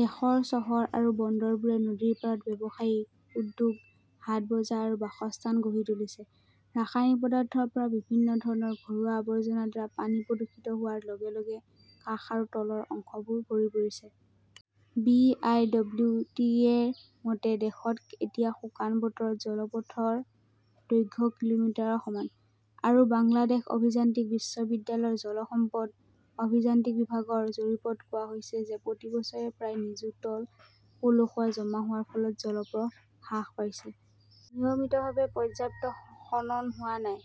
দেশৰ চহৰ আৰু বন্দৰবোৰে নদীৰ পাৰত ব্যৱসায়, উদ্যোগ, হাট বজাৰ আৰু বাসস্থান গঢ়ি তুলিছে। ৰাসায়নিক পদাৰ্থৰ পৰা বিভিন্ন ধৰণৰ ঘৰুৱা আৱৰ্জনাৰ দ্বাৰা পানী প্ৰদূষিত হোৱাৰ লগে লগে কাষ আৰু তলৰ অংশবোৰ ভৰি পৰিছে। B. I. W. T. A. -ৰ মতে, দেশত এতিয়া শুকান বতৰত জলপথৰ দৈৰ্ঘ্য কিলোমিটাৰৰ সমান। আৰু বাংলাদেশ অভিযান্ত্ৰিক বিশ্ববিদ্যালয়ৰ জল সম্পদ অভিযান্ত্ৰিক বিভাগৰ জৰীপ ত কোৱা হৈছে যে প্ৰতি বছৰে প্ৰায় নিযুত টন পলসুৱা জমা হোৱাৰ ফলত জলপথ হ্ৰাস পাইছে। নিয়মিতভাৱে পৰ্যাপ্ত খনন হোৱা নাই।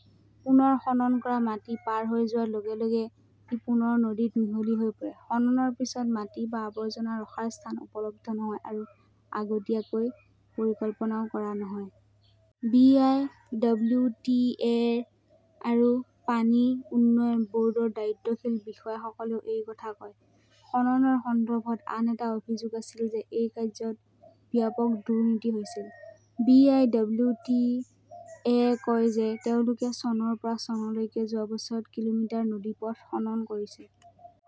পুনৰ খনন কৰা মাটি পাৰ হৈ যোৱাৰ লগে লগে ই পুনৰ নদীত মিহলি হৈ পৰে। খননৰ পিছত মাটি বা আৱৰ্জনা ৰখাৰ স্থান উপলব্ধ নহয়-আৰু আগতীয়াকৈ পৰিকল্পনাও কৰা নহয়। B. I. W. T. A. আৰু পানী উন্নয়ন ব "ৰ্ডৰ দায়িত্বশীল বিষয়াসকলেও এই কথা কয়। খননৰ সন্দৰ্ভত আন এটা অভিযোগ আছিল যে এই কাৰ্য্যত ব্যাপক দুৰ্নীতি হৈছিল। B. I. W. T. A. -য়ে কয় যে তেওঁলোকে চনৰ পৰা চনলৈকে যোৱা বছৰত কিলোমিটাৰ নদীপথ খনন কৰিছে।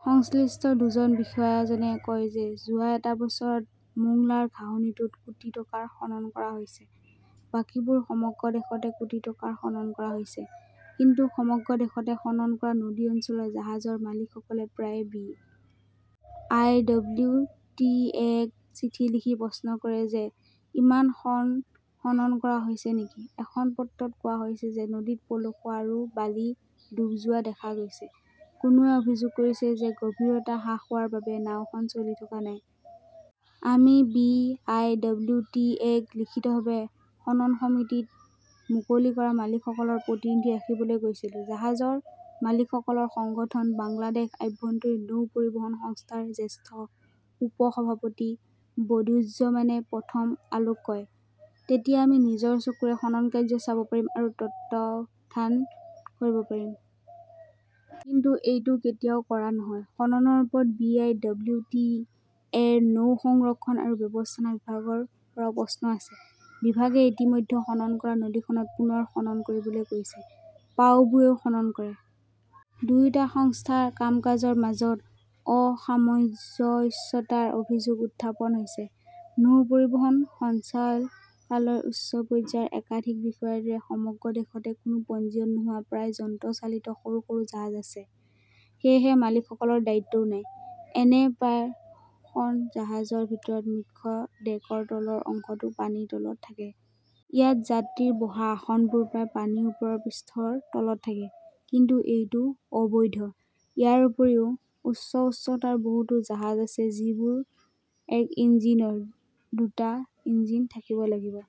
সংশ্লিষ্ট দুজন বিষয়াজনে কয় যে যোৱা এটা বছৰত মোংলাৰ ঘাঁহনিটোত কোটি টকাৰ খনন কৰা হৈছে। বাকীবোৰ সমগ্ৰ দেশতে কোটি টকাৰ খনন কৰা হৈছে। কিন্তু সমগ্ৰ দেশতে খনন কৰা নদী অঞ্চলৰ জাহাজৰ মালিকসকলে প্ৰায়ে B. I. W. T. A. -ক চিঠি লিখি প্ৰশ্ন কৰে যে ইমান খন খনন কৰা হৈছে নেকি। এখন পত্ৰত কোৱা হৈছে যে নদীত পলসুৱা আৰু বালি ডুব যোৱা দেখা গৈছে। কোনোৱে অভিযোগ কৰিছে যে গভীৰতা হ্ৰাস হোৱাৰ বাবে নাওখন চলি থকা নাই। "আমি B. I. W. T. A. -ক লিখিতভাৱে খনন সমিতিত মুকলি কৰা মালিকসকলৰ প্ৰতিনিধি ৰাখিবলৈ কৈছিলো", জাহাজৰ মালিকসকলৰ সংগঠন বাংলাদেশ আভ্যন্তৰীণ নৌ পৰিবহণ সংস্থাৰ জ্যেষ্ঠ উপ-সভাপতি বদিউজ্জমানে প্ৰথম আলোক কয়। তেতিয়া আমি নিজৰ চকুৰে খননকাৰ্য চাব পাৰিম আৰু তত্বাৱধান কৰিব পাৰিম। কিন্তু এইটো কেতিয়াও কৰা নহয়। 'খননৰ ওপৰত B. I. W. T. A. -ৰ নৌ সংৰক্ষণ আৰু ব্যৱস্থাপনা বিভাগৰ পৰাও প্ৰশ্ন আছে। বিভাগে ইতিমধ্যে খনন কৰা নদীখনত পুনৰ খনন কৰিবলৈ কৈছে। পাউবোৱেও খনন কৰে। দুয়োটা সংস্থাৰ কাম-কাজৰ মাজত অসামঞ্জস্যতাৰ অভিযোগ উত্থাপন হৈছে। নৌ পৰিবহণ সঞ্চালকালয়ৰ উচ্চ পৰ্যায়ৰ একাধিক বিষয়াৰ দৰে সমগ্ৰ দেশতে কোনো পঞ্জীয়ন নোহোৱা প্ৰায় যন্ত্ৰচালিত সৰু সৰু জাহাজ আছে। সেয়েহে মালিকসকলৰ দায়িত্বও নাই। এনে প্ৰায় খন জাহাজৰ ভিতৰত মুখ্য ডেকৰ তলৰ অংশটো পানীৰ তলত থাকে। ইয়াত যাত্ৰীৰ বহা আসনবোৰ প্ৰায় পানীৰ ওপৰৰ পৃষ্ঠৰ তলত থাকে। কিন্তু এইটো অবৈধ। ইয়াৰ উপৰিও, উচ্চ উচ্চতাৰ বহুতো জাহাজ আছে, যিবোৰ একক ইঞ্জিনৰ। দুটা ইঞ্জিন থাকিব লাগিব।